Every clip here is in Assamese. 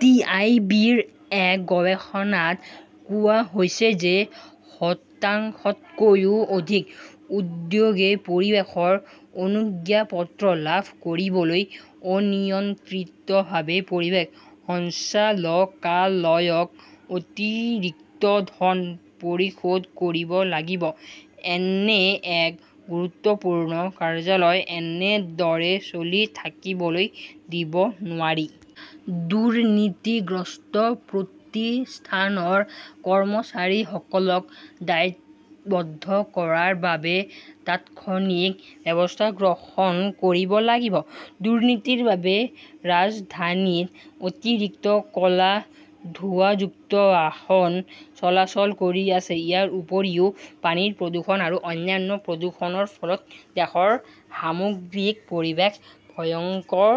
টি. আই. বি. -ৰ এক গৱেষণাত কোৱা হৈছে যে শতাংশতকৈও অধিক উদ্যোগে পৰিৱেশৰ অনুজ্ঞাপত্ৰ লাভ কৰিবলৈ অনিয়ন্ত্ৰিতভাৱে পৰিৱেশ সঞ্চালকালয়ক অতিৰিক্ত ধন পৰিশোধ কৰিব লাগিব। এনে এক গুৰুত্বপূৰ্ণ কাৰ্যালয় এনেদৰে চলি থাকিবলৈ দিব নোৱাৰি। দুৰ্নীতিগ্ৰস্ত প্ৰতিষ্ঠানৰ কৰ্মচাৰীসকলক দায়বদ্ধ কৰাৰ বাবে তাৎক্ষণিক ব্যৱস্থা গ্ৰহণ কৰিব লাগিব। দুৰ্নীতিৰ বাবে ৰাজধানীত অতিৰিক্ত ক'লা ধোঁৱাযুক্ত আশন চলাচল কৰি আছে। ইয়াৰ উপৰিও, পানীৰ প্ৰদূষণ আৰু অন্যান্য প্ৰদূষণৰ ফলত দেশৰ সামগ্ৰিক পৰিৱেশ ভয়ংকৰ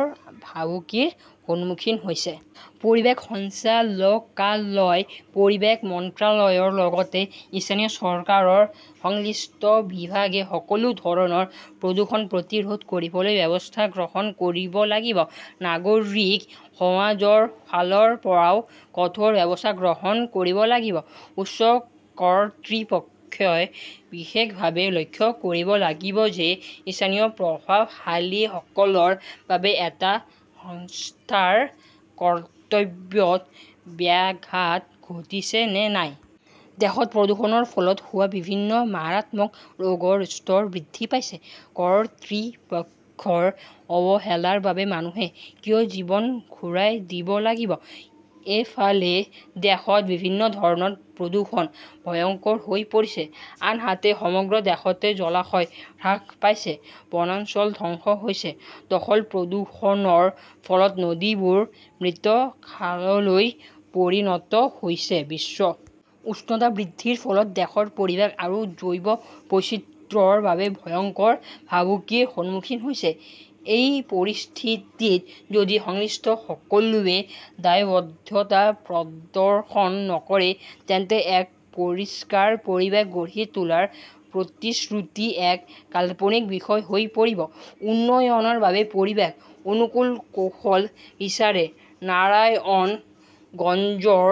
ভাবুকিৰ সন্মুখীন হৈছে। পৰিৱেশ সঞ্চালকালয়, পৰিৱেশ মন্ত্ৰালয়ৰ লগতে স্থানীয় চৰকাৰৰ সংশ্লিষ্ট বিভাগে সকলো ধৰণৰ প্ৰদূষণ প্ৰতিৰোধ কৰিবলৈ ব্যৱস্থা গ্ৰহণ কৰিব লাগিব। নাগৰিক সমাজৰ ফালৰ পৰাও কঠোৰ ব্যৱস্থা গ্ৰহণ কৰিব লাগিব। উচ্চ কৰ্তৃপক্ষই বিশেষভাৱে লক্ষ্য কৰিব লাগিব যে স্থানীয় প্ৰভাৱশালীসকলৰ বাবে এটা সংস্থাৰ কৰ্তব্যত ব্যাঘাত ঘটিছে নে নাই। দেশত প্ৰদূষণৰ ফলত হোৱা বিভিন্ন মাৰাত্মক ৰোগৰ স্তৰ বৃদ্ধি পাইছে। কৰ্তৃপক্ষৰ অৱহেলাৰ বাবে মানুহে কিয় জীৱন ঘূৰাই দিব লাগিব? এফালে, দেশত বিভিন্ন ধৰণৰ প্ৰদূষণ ভয়ংকৰ হৈ পৰিছে, আনহাতে সমগ্ৰ দেশতে জলাশয় হ্ৰাস পাইছে, বনাঞ্চল ধ্বংস হৈছে, দখল-প্ৰদূষণৰ ফলত নদীবোৰ মৃত খাললৈ পৰিণত হৈছে। বিশ্ব উষ্ণতা বৃদ্ধিৰ ফলত দেশৰ পৰিৱেশ আৰু জৈৱ বৈচিত্ৰ্যৰ বাবে ভয়ংকৰ ভাবুকিৰ সন্মুখীন হৈছে। এই পৰিস্থিতিত যদি সংশ্লিষ্ট সকলোৱে দায়বদ্ধতা প্ৰদৰ্শন নকৰে, তেন্তে এক পৰিষ্কাৰ পৰিৱেশ গঢ়ি তোলাৰ প্ৰতিশ্ৰুতি এক কাল্পনিক বিষয় হৈ পৰিব। উন্নয়নৰ বাবে পৰিৱেশ অনুকূল কৌশল বিচাৰে নাৰায়ণগঞ্জৰ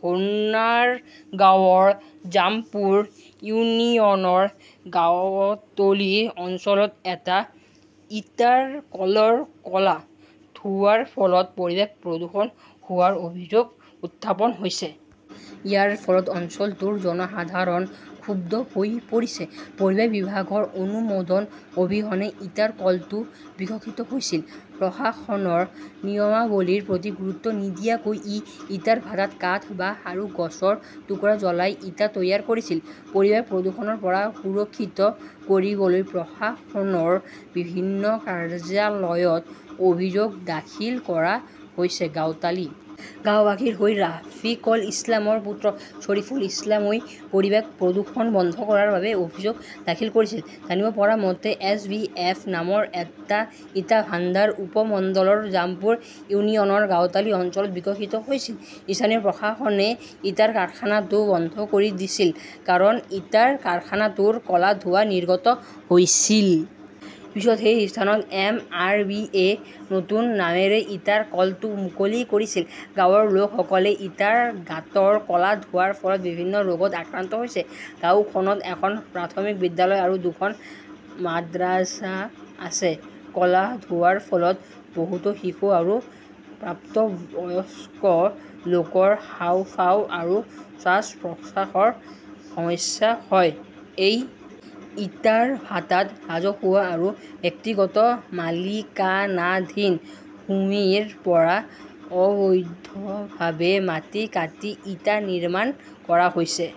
সোনাৰগাঁওৰ জামপুৰ ইউনিয়নৰ গাবটলি অঞ্চলত এটা ইটাৰ কলৰ ক'লা ধোঁৱাৰ ফলত পৰিৱেশ প্ৰদূষণ হোৱাৰ অভিযোগ উত্থাপন হৈছে। ইয়াৰ ফলত অঞ্চলটোৰ জনসাধাৰণ ক্ষুব্ধ হৈ পৰিছে। পৰিৱেশ বিভাগৰ অনুমোদন অবিহনে ইটাৰ কলটো বিকশিত হৈছিল। প্ৰশাসনৰ নিয়মাৱলীৰ প্ৰতি গুৰুত্ব নিদিয়াকৈ ই ইটাৰ ভাৰাত কাঠ, বাঁহ আৰু গছৰ টুকুৰা জ্বলাই ইটা তৈয়াৰ কৰিছিল। পৰিৱেশ প্ৰদূষণৰ পৰা সুৰক্ষিত কৰিবলৈ প্ৰশাসনৰ বিভিন্ন কাৰ্যালয়ত অভিযোগ দাখিল কৰা হৈছে। গাউটালী গাওঁবাসীৰ হৈ ৰাফিকল ইছলামৰ পুত্ৰ শৰিফুল ইছলামই পৰিৱেশ প্ৰদূষণ বন্ধ কৰাৰ বাবে অভিযোগ দাখিল কৰিছিল। জানিব পৰা মতে, এছ. বি. এফ. নামৰ এটা ইটা ভাণ্ডাৰ উপমণ্ডলৰ জামপুৰ ইউনিয়নৰ গাউটালি অঞ্চলত বিকশিত হৈছিল। স্থানীয় প্ৰশাসনে ইটাৰ কাৰখানাটো বন্ধ কৰি দিছিল কাৰণ ইটাৰ কাৰখানাটোৰ ক'লা ধোঁৱা নিৰ্গত হৈছিল। পিছত সেই স্থানত এম. আৰ. বি. -য়ে নতুন নামেৰে ইটাৰ কলটো মুকলি কৰিছিল। গাঁৱৰ লোকসকলে ইটাৰ গাঁতৰ ক'লা ধোঁৱাৰ ফলত বিভিন্ন ৰোগত আক্ৰান্ত হৈছে। গাওঁখনত এখন প্ৰাথমিক বিদ্যালয় আৰু দুখন মাদ্ৰাজা আছে। ক'লা ধোঁৱাৰ ফলত বহুতো শিশু আৰু প্ৰাপ্তবয়স্ক লোকৰ হাঁওফাঁও আৰু শ্বাস-প্ৰশ্বাসৰ সমস্যা হয়। এই ইটাৰ ভাটাত ৰাজহুৱা আৰু ব্যক্তিগত মালিকানাধীন ভূমিৰ পৰা অবৈধভাৱে মাটি কাটি ইটা নিৰ্মাণ কৰা হৈছে।